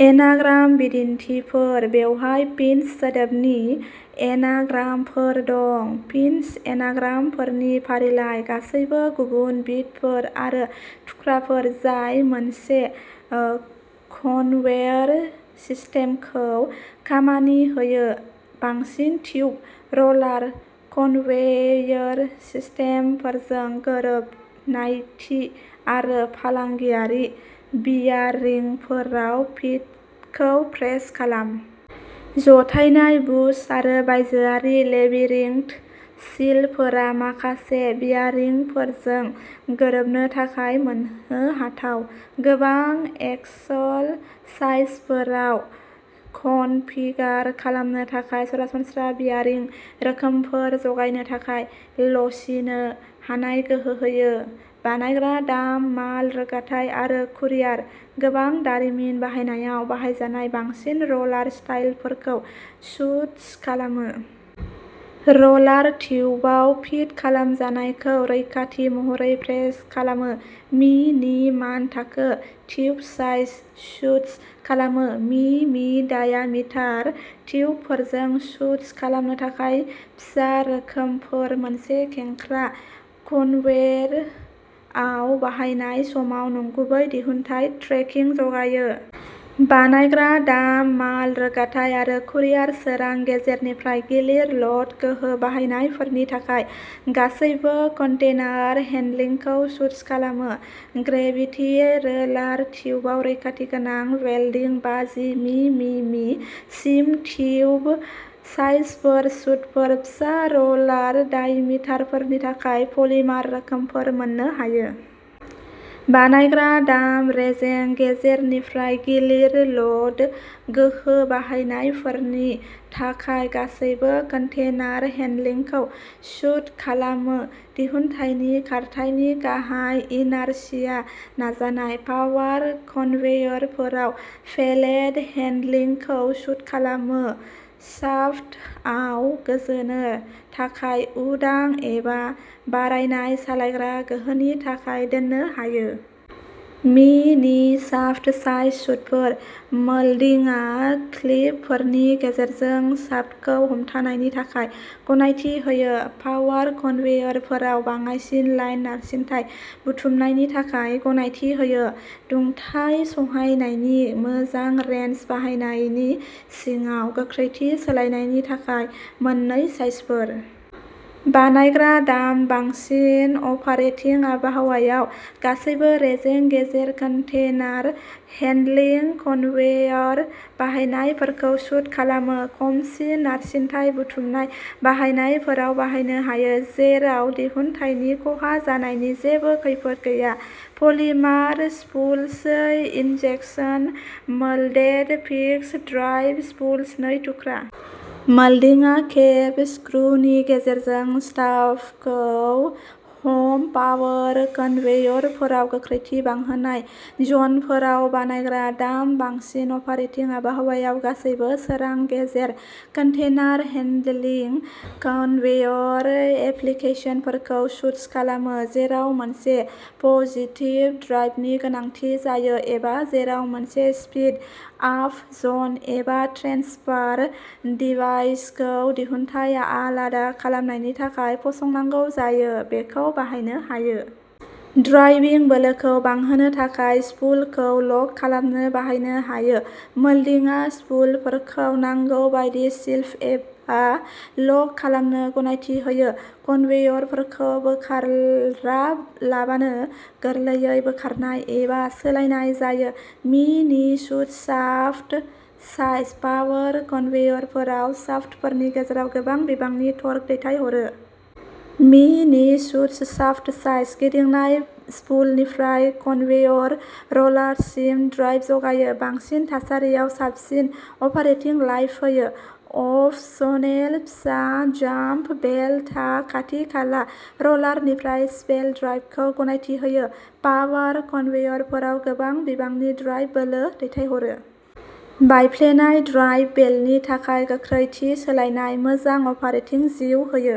Anagram बिदिन्थिफोर। बेवहाय peanuts सोदोबनि एनाग्रामफोर दं। पिनट्स एनाग्रामफोरनि फारिलाइ। गासैबो गुबुन बिटफोर आरो थुख्राफोर जाय मोनसे कन्वेयर सिस्टेमखौ खामानि होयो, बांसिन ट्युब र'लार कन्वेयर सिस्टेमफोरजों गोरोबनायथि आरो फालांगियारि बियारिंगफोराव फिटखौ प्रेस खालाम। जथायनाय बुश आरो बायजोआरि लेबिरिंथ सिलफोरा माखासे बियारिंगफोरजों गोरोबनो थाखाय मोननोहाथाव। गोबां एक्सल साइजफोराव कनफिगार खालामनो थाखाय सरासनस्रा बियारिंग रोखोमफोर जगायनो थाखाय लचिनो हानाय गोहो होयो। बानायग्रा दाम, माल रोगाथाय आरो कुरियार गोबां दारिमिन बाहायनायाव बाहायजानाय बांसिन र'लार स्टाइलफोरखौ सुट्स खालामो। र'लार ट्युबआव फिट खालामजानायखौ रैखाथि महरै प्रेस खालामो। मि नि मानथाखो ट्युब साइज सुट्स खालामो। मि मि डायामिटार ट्युबफोरजों सुट्स खालामनो थाखाय फिसा रोखोमफोर। मोनसे खेंख्रा कन्वेयरआव बाहायनाय समाव नंगुबै दिहुनथाय ट्रेकिं जगायो। बानायग्रा दाम, माल रोगाथाय आरो कुरियार सोरां, गेजेरनिफ्राय गिलिर ल'ड गोहो बाहायनायफोरनि थाखाय गासैबो कन्टेनार हेन्डलिंगखौ सुट्स खालामो। ग्रेभिति रोलार ट्युबआव रैखाथि गोनां वेल्डिं। बाजि मि मि मि सिम टिउब साइजफोर सुटफोर। फिसा रलार डायमिटारफोरनि थाखाय पलिमार रोखोमफोर मोननो हायो। बानायग्रा दाम, रेजें गेजेरनिफ्राय गिलिर ल'ड गोहो बाहायनायफोरनि थाखाय गासैबो कन्टेनार हेन्डलिंगखौ सुट खालामो। दिहुनथायनि खारथायनि गाहाय इनार्शिया नाजानाय। पावार कन्वेयरफोराव पेलेट हेन्डलिंगखौ सुट खालामो। शाफ्टआव गोजोनो थाखाय उदां, एबा बारायनाय सालायग्रा गोहोनि थाखाय दोननो हायो। मि नि शाफ्ट साइज सुटफोर। मोल्डिंआ क्लिपफोरनि गेजेरजों शाफ्टखौ हमथानायनि थाखाय गनायथि होयो। पावार कन्वेयरफोराव बाङाइसिन लाइन नारसिनथाय बुथुमनायनि थाखाय गनायथि होयो। दुंथाइ सहायनायनि मोजां रेन्ज। बाहायनायनि सिङाव। गोख्रैथि सोलायनायनि थाखाय मोननै साइजफोर। बानायग्रा दाम, बांसिन अपारेटिं आबहावायाव गासैबो रेजें गेजेर कन्टेनार हेन्डलिंग कन्वेयर बाहायनायफोरखौ सुट खालामो। खमसिन नारसिनथाय बुथुमनाय बाहायनायफोराव बाहायनो हायो जेराव दिहुनथायनि खहा जानायनि जेबो खैफोद गैया। Polymer spools, injection moulded fixed drive spools, नै थुख्रा। मोल्डिंआ केप स्क्रूनि गेजेरजों शाफ्टखौ हम पावार कन्वेयरफोराव गोख्रैथि बांहोनाय जनफोराव। बानायग्रा दाम बांसिन अपारेटिं आबहावायाव गासैबो सोरां गेजेर कन्टेनार हेन्डेलिं कन्वेयर एप्लिकेसनफोरखौ सुट्स खालामो। जेराव मोनसे पजिटिभ ड्राइभनि गोनांथि जायो एबा जेराव मोनसे स्पीड आप जन एबा ट्रेन्सफार डिभाइसखौ दिहुनथाय आलादा खालामनायनि थाखाय फसंनांगौ जायो, बेखौ बाहायनो हायो। ड्राइभिं बोलोखौ बांहोनो थाखाय स्पुलखौ लक खालामनो बाहायनो हायो। मोल्डिंआ स्पुलफोरखौ नांगौ बायदि स्लिप एबा लक खालामनो गनायथि होयो। कन्वेयरफोरखौ बोखारालाबानो गोरलैयै बोखारनाय एबा सोलायनाय जायो। मि नि सुट्स शाफ्ट साइज। पावार कन्वेयरफोराव शाफ्टफोरनि गेजेराव गोबां बिबांनि टर्क दैथायहरो। मि नि सुट्स शाफ्ट साइज। गिदिंनाय स्पुलनिफ्राय कन्वेयर र'लारसिम ड्राइभ जगायो। बांसिन थासारियाव साबसिन अपारेटिं लाइफ होयो। अपसनेल फिसा जाम्प बेल्टआ खाथि खाला र'लारनिफ्राय स्लेभ ड्राइभखौ गनायथि होयो। पावार कन्वेयरफोराव गोबां बिबांनि ड्राइभ बोलो दैथायहरो। बायफ्लेनाय ड्राइभ बेल्टनि थाखाय गोख्रै थि सोलायनाय। मोजां अपारेटिं जिउ होयो।